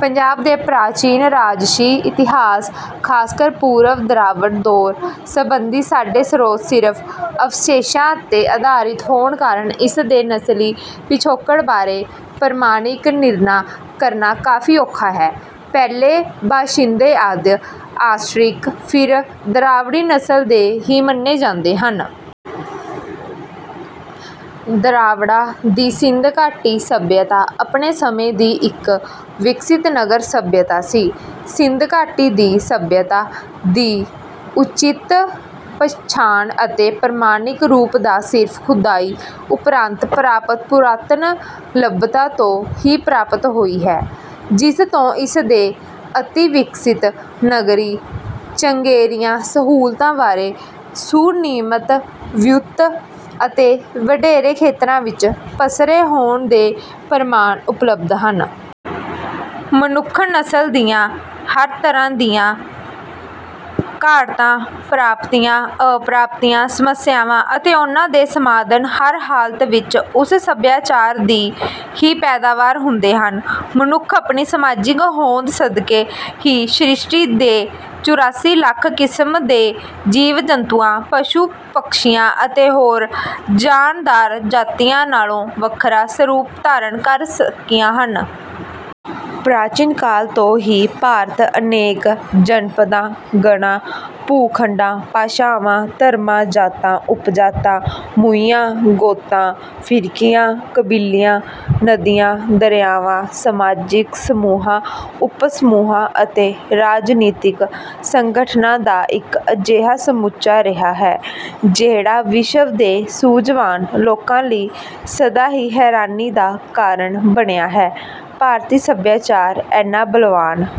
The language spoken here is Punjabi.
ਪੰਜਾਬ ਦੇ ਪ੍ਰਾਚੀਨ ਰਾਜਸੀ ਇਤਿਹਾਸ, ਖਾਸਕਰ ਪੂਰਵ-ਦਰਾਵੜ ਦੌਰ ਸੰਬੰਧੀ ਸਾਡੇ ਸ੍ਰੋਤ ਸਿਰਫ ਅਵਸ਼ੇਸ਼ਾਂ ਤੇ ਆਧਾਰਿਤ ਹੋਣ ਕਾਰਨ, ਇਸਦੇ ਨਸਲੀ ਪਿਛੋਕੜ ਬਾਰੇ ਪ੍ਰਮਾਣਿਕ ਨਿਰਣਾ ਕਰਨਾ ਕਾਫ਼ੀ ਔਖਾ ਹੈ। ਪਹਿਲੇ ਬਾਸ਼ਿੰਦੇ ਆਦਿ, ਆਸਟਰਿਕ, ਫਿਰ ਦਰਾਵੜੀ ਨਸਲ ਦੇ ਹੀ ਮੰਨੇ ਜਾਂਦੇ ਹਨ। ਦਰਾਵੜਾਂ ਦੀ ਸਿੰਧ ਘਾਟੀ ਸਭਿਅਤਾ ਆਪਣੇ ਸਮੇਂ ਦੀ ਇੱਕ ਵਿਕਸਿਤ ਨਗਰ ਸਭਿਅਤਾ ਸੀ। ਸਿੰਧ ਘਾਟੀ ਦੀ ਸਭਿਅਤਾ ਦੀ ਉਚਿਤ ਪਛਾਣ ਅਤੇ ਪ੍ਰਮਾਣਿਕ ਰੂਪ ਤਾਂ ਸਿਰਫ ਖੁਦਾਈ ਉਪਰੰਤ ਪ੍ਰਾਪਤ ਪੁਰਾਤਨ ਲੱਭਤਾਂ ਤੋਂ ਹੀ ਪ੍ਰਾਪਤ ਹੋਈ ਹੈ, ਜਿਸਤੋਂ ਇਸਦੇ ਅਤਿ-ਵਿਕਸਿਤ ਨਗਰੀ, ਚੰਗੇਰੀਆਂ ਸਹੂਲਤਾਂ ਵਾਲੇ, ਸੁਨਿਯਮਿਤ ਵਿਉਂਤ ਅਤੇ ਵਡੇਰੇ ਖੇਤਰਾਂ ਵਿੱਚ ਪਸਰੇ ਹੋਣ ਦੇ ਪ੍ਰਮਾਣ ਉਪਲਬਧ ਹਨ। ਮਨੁੱਖ ਨਸਲ ਦੀਆਂ ਹਰ ਤਰ੍ਹਾਂ ਦੀਆਂ ਘਾੜਤਾਂ, ਪ੍ਰਾਪਤੀਆਂ, ਅਪ੍ਰਾਪਤੀਆਂ, ਸਮੱਸਿਆਵਾਂ ਅਤੇ ਉਨ੍ਹਾਂ ਦੇ ਸਮਾਧਾਨ ਹਰ ਹਾਲਤ ਵਿੱਚ ਉਸ ਸਭਿਆਚਾਰ ਦੀ ਹੀ ਪੈਦਾਵਾਰ ਹੁੰਦੇ ਹਨ। ਮਨੁੱਖ ਆਪਣੀ ਸਮਾਜਿਕ ਹੋਂਦ ਸਦਕੇ ਹੀ ਸ੍ਰਿਸ਼ਟੀ ਦੇ ਚੁਰਾਸੀ ਲੱਖ ਕਿਸਮ ਦੇ ਜੀਵ-ਜੰਤੂਆਂ, ਪਸ਼ੂ-ਪਕਸ਼ੀਆਂ ਅਤੇ ਹੋਰ ਜਾਨਦਾਰ ਜਾਤੀਆਂ ਨਾਲੋਂ ਵੱਖਰਾ ਸਰੂਪ ਧਾਰਨ ਕਰ ਸਕਿਆ ਹਨ। ਪ੍ਰਾਚੀਨ ਕਾਲ ਤੋਂ ਹੀ ਭਾਰਤ ਅਨੇਕ 'ਜਨਪਦਾਂ', ਗਣਾਂ, ਭੂ-ਖੰਡਾਂ, ਭਾਸ਼ਾਵਾਂ, ਧਰਮਾਂ, ਜਾਤਾਂ, ਉਪਜਾਤਾਂ, ਮੂੰਹੀਆਂ, ਗੋਤਾਂ, ਫ਼ਿਰਕਿਆਂ, ਕਬੀਲਿਆਂ, ਨਦੀਆਂ, ਦਰਿਆਵਾਂ, ਸਮਾਜਿਕ ਸਮੂਹਾਂ, ਉਪ-ਸਮੂਹਾਂ ਅਤੇ ਰਾਜਨੀਤਕ ਸੰਗਠਨਾਂ ਦਾ ਇੱਕ ਅਜਿਹਾ ਸਮੁੱਚਾ ਰਿਹਾ ਹੈ, ਜਿਹੜਾ ਵਿਸ਼ਵ ਦੇ ਸੂਝਵਾਨ ਲੋਕਾਂ ਲਈ ਸਦਾ ਹੀ ਹੈਰਾਨੀ ਦਾ ਕਾਰਨ ਬਣਿਆ ਹੈ। ਭਾਰਤੀ ਸਭਿਆਚਾਰ ਇੰਨਾ ਬਲਵਾਨ